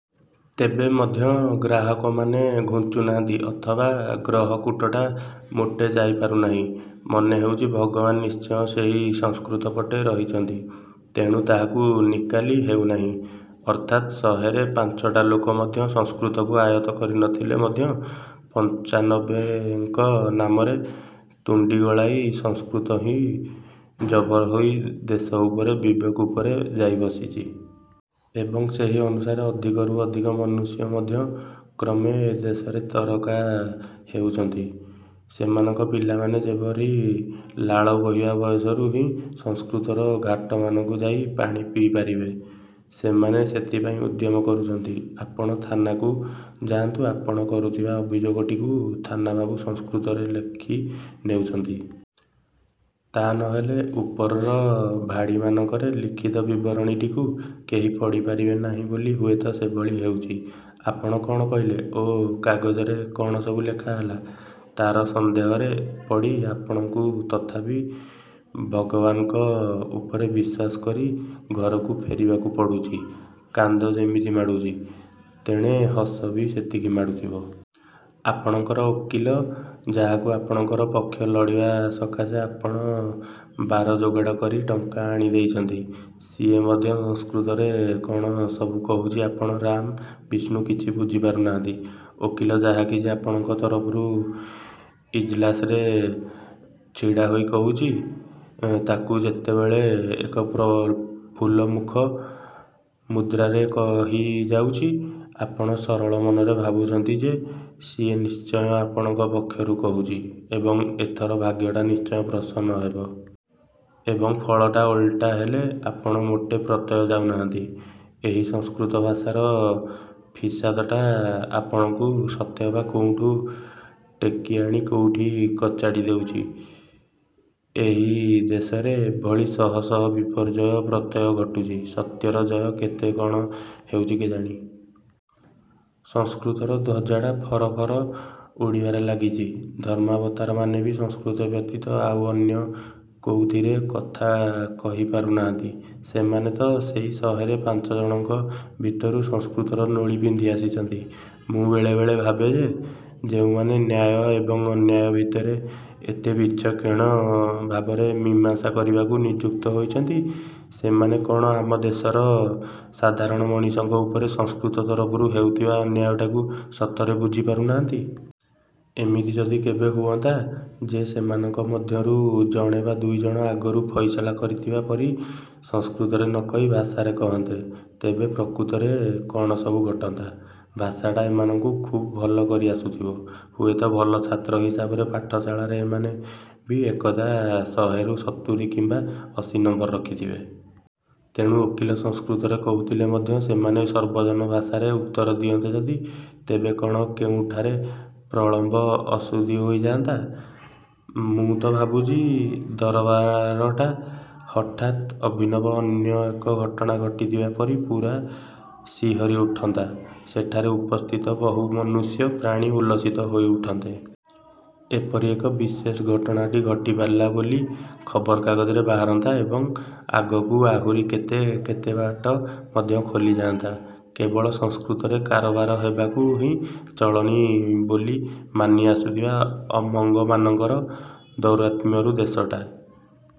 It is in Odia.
ତେବେ ମଧ୍ୟ ଗ୍ରାହକମାନେ ଘୁଞ୍ଚୁନାହାନ୍ତି ଅଥବା ଗ୍ରହକୂଟଟା ମୋଟେ ଯାଇ ପାରୁନାହିଁ। ମନେହେଉଛି ଭଗବାନ ନିଶ୍ଚୟ ସେଇ ସଂସ୍କୃତ ପଟେ ରହିଛନ୍ତି। ତେଣୁ ତାହାକୁ ନିକାଲି ହେଉନାହିଁ। ଅର୍ଥାତ ଶହେରେ ପାଞ୍ଚଟା ଲୋକ ମଧ୍ୟ ସଂସ୍କୃତକୁ ଆୟତ୍ତ କରିନଥିଲେ ମଧ୍ୟ ପଞ୍ଚାନବେଙ୍କ ନାମରେ ତୁଣ୍ଡି ଗଳାଇ ସଂସ୍କୃତ ହିଁ ଜବର ହୋଇ ଦେଶ ଉପରେ, ବିବେକ ଉପରେ ଯାଇ ବସିଛି। ଏବଂ ସେହି ଅନୁସାରେ ଅଧିକରୁ ଅଧିକ ମନୁଷ୍ୟ ମଧ୍ୟ କ୍ରମେ ଏ ଦେଶରେ ତରକା ହେଉଛନ୍ତି। ସେମାନଙ୍କ ପିଲାମାନେ ଯେପରି ଲାଳ ବୋହିବା ବୟସରୁ ହିଁ ସଂସ୍କୃତର ଘାଟମାନଙ୍କୁ ଯାଇ ପାଣି ପିଇପାରିବେ, ସେମାନେ ସେଥିପାଇଁ ଉଦ୍ୟମ କରୁଛନ୍ତି। ଆପଣ ଥାନାକୁ ଯାଆନ୍ତୁ ଆପଣ କରୁଥିବା ଅଭିଯୋଗଟିକୁ ଥାନାବାବୁ ସଂସ୍କୃତରେ ଲେଖି ନେଉଛନ୍ତି। ତା ନହେଲେ ଉପରର ଭାଡ଼ିମାନଙ୍କରେ ଲିଖିତ ବିବରଣୀଟିକୁ କେହି ପଢ଼ିପାରିବେ ନାହିଁ ବୋଲି ହୁଏତ ସେଭଳି ହେଉଛି। ଆପଣ କଣ କହିଲେ ଓ କାଗଜରେ କଣସବୁ ଲେଖାହେଲା, ତାର ସନ୍ଦେହରେ ପଡ଼ି ଆପଣଙ୍କୁ ତଥାପି ଭଗବାନଙ୍କ ଉପରେ ବିଶ୍ୱାସ କରି ଘରକୁ ଫେରିବାକୁ ପଡୁଛି। କାନ୍ଦ ଯେମିତି ମାଡୁଛି, ତେଣେ ହସ ବି ସେତିକି ମାଡୁଥିବ। ଆପଣଙ୍କର ଓକିଲ, ଯାହାକୁ ଆପଣଙ୍କର ପକ୍ଷ ଲଢ଼ିବା ସକାଶେ ଆପଣ ବାର ଯୋଗାଡ଼ କରି ଟଙ୍କା ଆଣି ଦେଇଛନ୍ତି, ସିଏ ମଧ୍ୟ ସଂସ୍କୃତରେ କଣ ସବୁ କହୁଛି ଆପଣ ରାମ, ବିଷ୍ଣୁ କିଛି ବୁଝି ପାରୁନାହାନ୍ତି। ଓକିଲ ଯାହାକିଛି ଆପଣଙ୍କ ତରଫରୁ ଇଜଲାସରେ ଛିଡ଼ାହୋଇ କହୁଛି, ତାକୁ ଯେତେବେଳେ ଏକ ପ୍ରଫୁଲ୍ଲମୁଖ ମୁଦ୍ରାରେ କହିଯାଉଛି, ଆପଣ ସରଳ ମନରେ ଭାବୁଛନ୍ତି ଯେ, ସିଏ ନିଶ୍ଚୟ ଆପଣଙ୍କ ପକ୍ଷରୁ କହୁଛି ଏବଂ ଏଥର ଭାଗ୍ୟଟା ନିଶ୍ଚୟ ପ୍ରସନ୍ନ ହେବ। ଏବଂ ଫଳଟା ଓଲଟା ହେଲେ ଆପଣ ମୋଟେ ପ୍ରତ୍ୟୟ ଯାଉନାହାନ୍ତି, ଏହି ସଂସ୍କୃତ ଭାଷାର ଫିସାଦଟା ଆପଣଙ୍କୁ ସତେଅବା କୋଉଠୁ ଟେକିଆଣି କୋଉଠି କଚାଡ଼ି ଦେଉଛି। ଏହି ଦେଶରେ ଏଭଳି ଶହ ଶହ ବିପର୍ଯ୍ୟୟ ପ୍ରତ୍ୟହ ଘଟୁଛି। ସତ୍ୟର ଜୟ କେତେ କଣ ହେଉଛି କେଜାଣି? ସଂସ୍କୃତର ଧ୍ୱଜାଟା ଫର ଫର ଉଡ଼ିବାରେ ଲାଗିଛି। ଧର୍ମାବତାରମାନେ ବି ସଂସ୍କୃତ ବ୍ୟତୀତ ଆଉ ଅନ୍ୟ କୋଉଥିରେ କଥା କହିପାରୁ ନାହାନ୍ତି। ସେମାନେ ତ ସେଇ ଶହେରେ ପାଞ୍ଚଜଣଙ୍କ ଭିତରୁ ସଂସ୍କୃତର ନୋଳି ପିନ୍ଧି ଆସିଛନ୍ତି। ମୁଁ ବେଳେ ବେଳେ ଭାବେ ଯେ, ଯେଉଁମାନେ ନ୍ୟାୟ ଏବଂ ଅନ୍ୟାୟ ଭିତରେ ଏତେ ବିଚକ୍ଷଣ ଭାବରେ ମୀମାଂସା କରିବାକୁ ନିଯୁକ୍ତ ହୋଇଛନ୍ତି ସେମାନେ କଣ ଆମ ଦେଶର ସାଧାରଣ ମଣିଷଙ୍କ ଉପରେ ସଂସ୍କୃତ ତରଫରୁ ହେଉଥିବା ଅନ୍ୟାୟଟାକୁ ସତରେ ବୁଝି ପାରୁନାହାନ୍ତି? ଏମିତି ଯଦି କେବେ ହୁଅନ୍ତା ଯେ ସେମାନଙ୍କ ମଧ୍ୟରୁ ଜଣେ ବା ଦୁଇଜଣ ଆଗରୁ ଫଇସଲା କରିଥିବା ପରି ସଂସ୍କୃତରେ ନକହି ଭାଷାରେ କହନ୍ତେ, ତେବେ ପ୍ରକୃତରେ କଣ ସବୁ ଘଟନ୍ତା? ଭାଷାଟା ଏମାନଙ୍କୁ ଖୁବ୍ ଭଲ କରି ଆସୁଥିବ, ହୁଏତ ଭଲ ଛାତ୍ର ହିସାବରେ ପାଠଶାଳାରେ ଏମାନେ ବି ଏକଦା ଶହେରୁ ସତୁରୀ କିମ୍ବା ଅଶୀ ନମ୍ବର ରଖିଥବେ। ତେଣୁ ଓକିଲ ସଂସ୍କୃତରେ କହୁଥିଲେ ମଧ୍ୟ ସେମାନେ ସର୍ବଜନ ଭାଷାରେ ଉତ୍ତର ଦିଅନ୍ତେ ଯଦି, ତେବେ କଣ କେଉଁଠାରେ ପ୍ରଳମ୍ବ ଅଶୁଦ୍ଧି ହୋଇଯାଆନ୍ତା? ମୁଁ ତ ଭାବୁଛି ଦରବାରଟା ହଠାତ୍ ଅଭିନବ ଅନ୍ୟ ଏକ ଘଟଣା ଘଟିଥିବା ପରି ପୂରା ଶିହରି ଉଠନ୍ତା। ସେଠାରେ ଉପସ୍ଥିତ ବହୁ ମନୁଷ୍ୟ, ପ୍ରାଣୀ ଉଲ୍ଲସିତ ହୋଇ ଉଠନ୍ତେ। ଏପରି ଏକ ବିଶେଷ ଘଟଣାଟିଏ ଘଟିପାରିଲା ବୋଲି ଖବରକାଗଜରେ ବାହାରନ୍ତା ଏବଂ ଆଗକୁ ଆହୁରି କେତେ କେତେ ବାଟ ମଧ୍ୟ ଖୋଲିଯାଆନ୍ତା। କେବଳ ସଂସ୍କୃତରେ କାରବାର ହେବାକୁ ହିଁ ଚଳଣି ବୋଲି ମାନି ଆସୁଥିବା ଅମଙ୍ଗମାନଙ୍କର ଦୌରାତ୍ମ୍ୟରୁ ଦେଶଟା